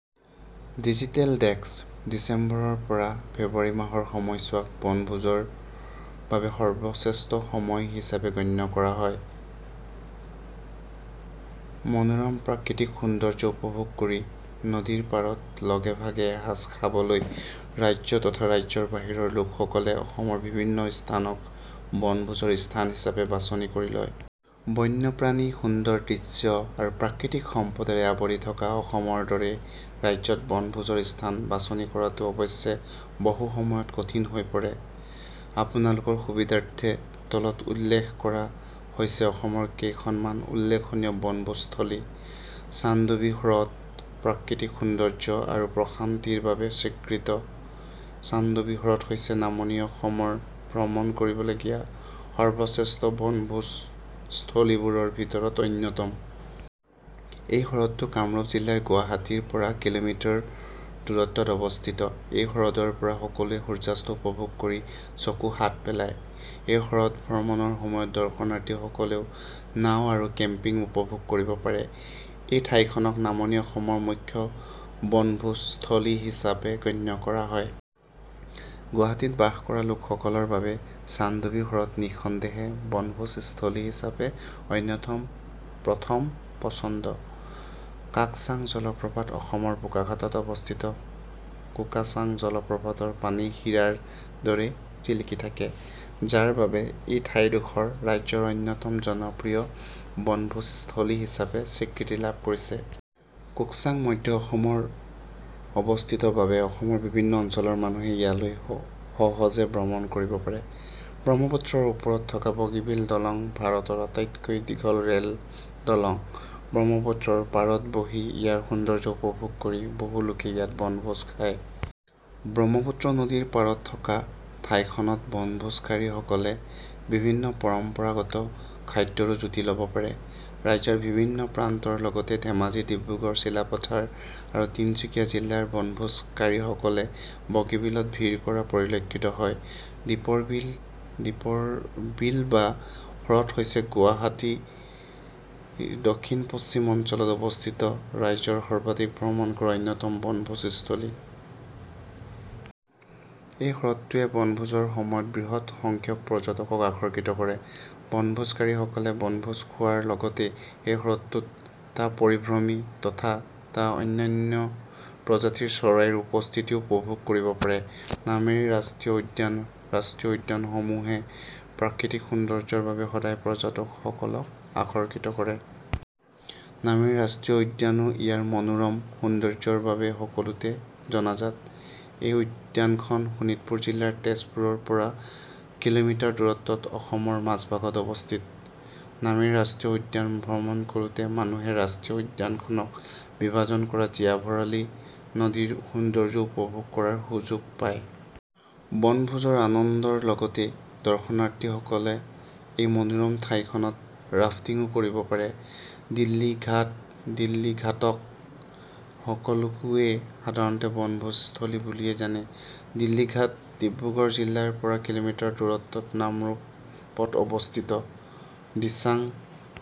Digital desk: ডিচেম্বৰৰ পৰা ফেব্ৰুৱাৰী মাহৰ সময়ছোৱাক বনভোজৰ বাবে সৰ্বশ্ৰেষ্ঠ সময় হিচাপে গণ্য কৰা হয়। মনোৰম প্ৰাকৃতিক সৌন্দৰ্য উপভোগ কৰি নদীৰ পাৰত লগে-ভাগে এসাজ খাবলৈ ৰাজ্য তথা ৰাজ্যৰ বাহিৰৰ লোকসকলে অসমৰ বিভিন্ন স্থানক বনভোজৰ স্থান হিচাপে বাছনি কৰি লয়। বন্যপ্ৰাণী, সুন্দৰ দৃশ্য আৰু প্ৰাকৃতিক সম্পদেৰে আৱৰি থকা অসমৰ দৰে ৰাজ্যত বনভোজৰ স্থান বাছনি কৰাটো অৱশ্যে বহুসময়ত কঠিন হৈ পৰে। আপোনালোকৰ সুবিধাৰ্থে তলত উল্লেখ কৰা হৈছে অসমৰ কেইখনমান উল্লেখনীয় বনভোজস্থলী- চানডুবি হ্ৰদ প্ৰাকৃতিক সৌন্দৰ্য আৰু প্ৰশান্তিৰ বাবে স্বীকৃত চানডুবি হ্ৰদ হৈছে নামনি অসমৰ ভ্ৰমণ কৰিবলগীয়া সৰ্বশ্ৰেষ্ঠ বনভোজস্থলীবোৰৰ ভিতৰত অন্যতম। এই হ্ৰদটো কামৰূপ জিলাৰ গুৱাহাটীৰ পৰা কিলোমিটাৰ দূৰত্বত অৱস্থিত। এই হ্ৰদৰ পৰা সকলোয়ে সূৰ্যাস্ত উপভোগ কৰি চকু শাত পেলায়। এই হ্ৰদ ভ্ৰমণৰ সময়ত দৰ্শনাৰ্থীসকলে নাও আৰু কেম্পিং উপভোগ কৰিব পাৰে। এই ঠাইখনক নামনি অসমৰ মুখ্য বনভোজস্থলী হিচাপে গণ্য কৰা হয়। গুৱাহাটীত বাস কৰা লোকসকলৰ বাবে চানডুবি হ্ৰদ নি:সন্দেহে বনভোজস্থলী হিচাপে অন্যতম প্ৰথম পছন্দ। কাকচাং জলপ্ৰপাত অসমৰ বোকাখাতত অৱস্থিত কোকাচাং জলপ্ৰপাতৰ পানী হীৰাৰ দৰে জিলিকি থাকে। যাৰ বাবে এই ঠাইডোখৰ ৰাজ্যৰ অন্যতম জনপ্ৰিয় বনভোজস্থলী হিচাপে স্বীকৃতি লাভ কৰিছে। কোকচাং মধ্য অসমৰ অৱস্থিত বাবে অসমৰ বিভিন্ন অঞ্চলৰ মানুহে ইয়ালৈ সহজে ভ্ৰমণ কৰিব পাৰে। ব্ৰহ্মপুত্ৰৰ ওপৰত থকা বগীবিল দলং ভাৰতৰ আটাইতকৈ দীঘল ৰেলদলং। ব্ৰহ্মপুত্ৰৰ পাৰত বহি ইয়াৰ সৌন্দৰ্য উপভোগ কৰি বহু লোকে ইয়াত বনভোজ খায়। ব্ৰহ্মপুত্ৰ নদীৰ পাৰত থকা ঠাইখনত বনভোজকাৰীসকলে বিভিন্ন পৰম্পৰাগত খাদ্যৰো জুতি লব পাৰে। ৰাজ্যৰ বিভিন্ন প্ৰান্তৰ লগতে ধেমাজি, ডিব্ৰুগড়, চিলাপাথৰ আৰু তিনিচুকীয়া জিলাৰ বনভোজকাৰীসকলে বগীবিলত ভিৰ কৰা পৰিলক্ষিত হয়। দীপৰ বিল দীপৰ বিল বা হ্ৰদ হৈছে গুৱাহাটীৰ দক্ষিণ-পশ্চিম অঞ্চলত অৱস্থিত ৰাইজে সৰ্বাধিক ভ্ৰমণ কৰা অন্যতম বনভোজস্থলী। এই হ্ৰদটোৱে বনভোজৰ সময়ত বৃহৎ সংখ্যক পৰ্যটকক আকৰ্ষিত কৰে। বনভোজকাৰীসকলে বনভোজ খোৱাৰ লগতে এই হ্ৰদটোত টা পৰিভ্ৰমী তথা টা অন্যান্য প্ৰজাতিৰ চৰাইৰ উপস্থিতিও উপভোগ কৰিব পাৰে। নামেৰী ৰাষ্ট্ৰীয় উদ্যান ৰাষ্ট্ৰীয় উদ্যানসমূহে প্ৰাকৃতিক সৌন্দৰ্যৰ বাবে সদায় পৰ্যটকসকলক আকৰ্ষিত কৰে। নামেৰী ৰাষ্ট্ৰীয় উদ্যানো ইয়াৰ মনোৰম সৌন্দৰ্যৰ বাবে সকলোতে জনাজাত। এই উদ্যানখন শোণিতপুৰ জিলাৰ তেজপুৰৰ পৰা কিলোমিটাৰ দূৰত্বত অসমৰ মাজভাগত অৱস্থিত। নামেৰী ৰাষ্ট্ৰীয় উদ্যান ভ্ৰমণ কৰোতে মানুহে ৰাষ্ট্ৰীয় উদ্যানখনক বিভাজন কৰা জীয়া ভৰালী নদীৰ সৌন্দৰ্যও উপভোগ কৰাৰ সুযোগ পায়। বনভোজৰ আনন্দৰ লগতে দৰ্শনাৰ্থীসকলে এই মনোৰম ঠাইখনত ৰাফ্টিঙো কৰিব পাৰে। দিল্লী ঘাট দিল্লী ঘাটক সকলোৱে সাধাৰণতে বনভোজস্থলী বুলিয়েই জানে। দিল্লী ঘাট ডিব্ৰুগড় জিলাৰ পৰা কিলোমিটাৰ দূৰত্বত নামৰূপত অৱস্থিত। দিচাং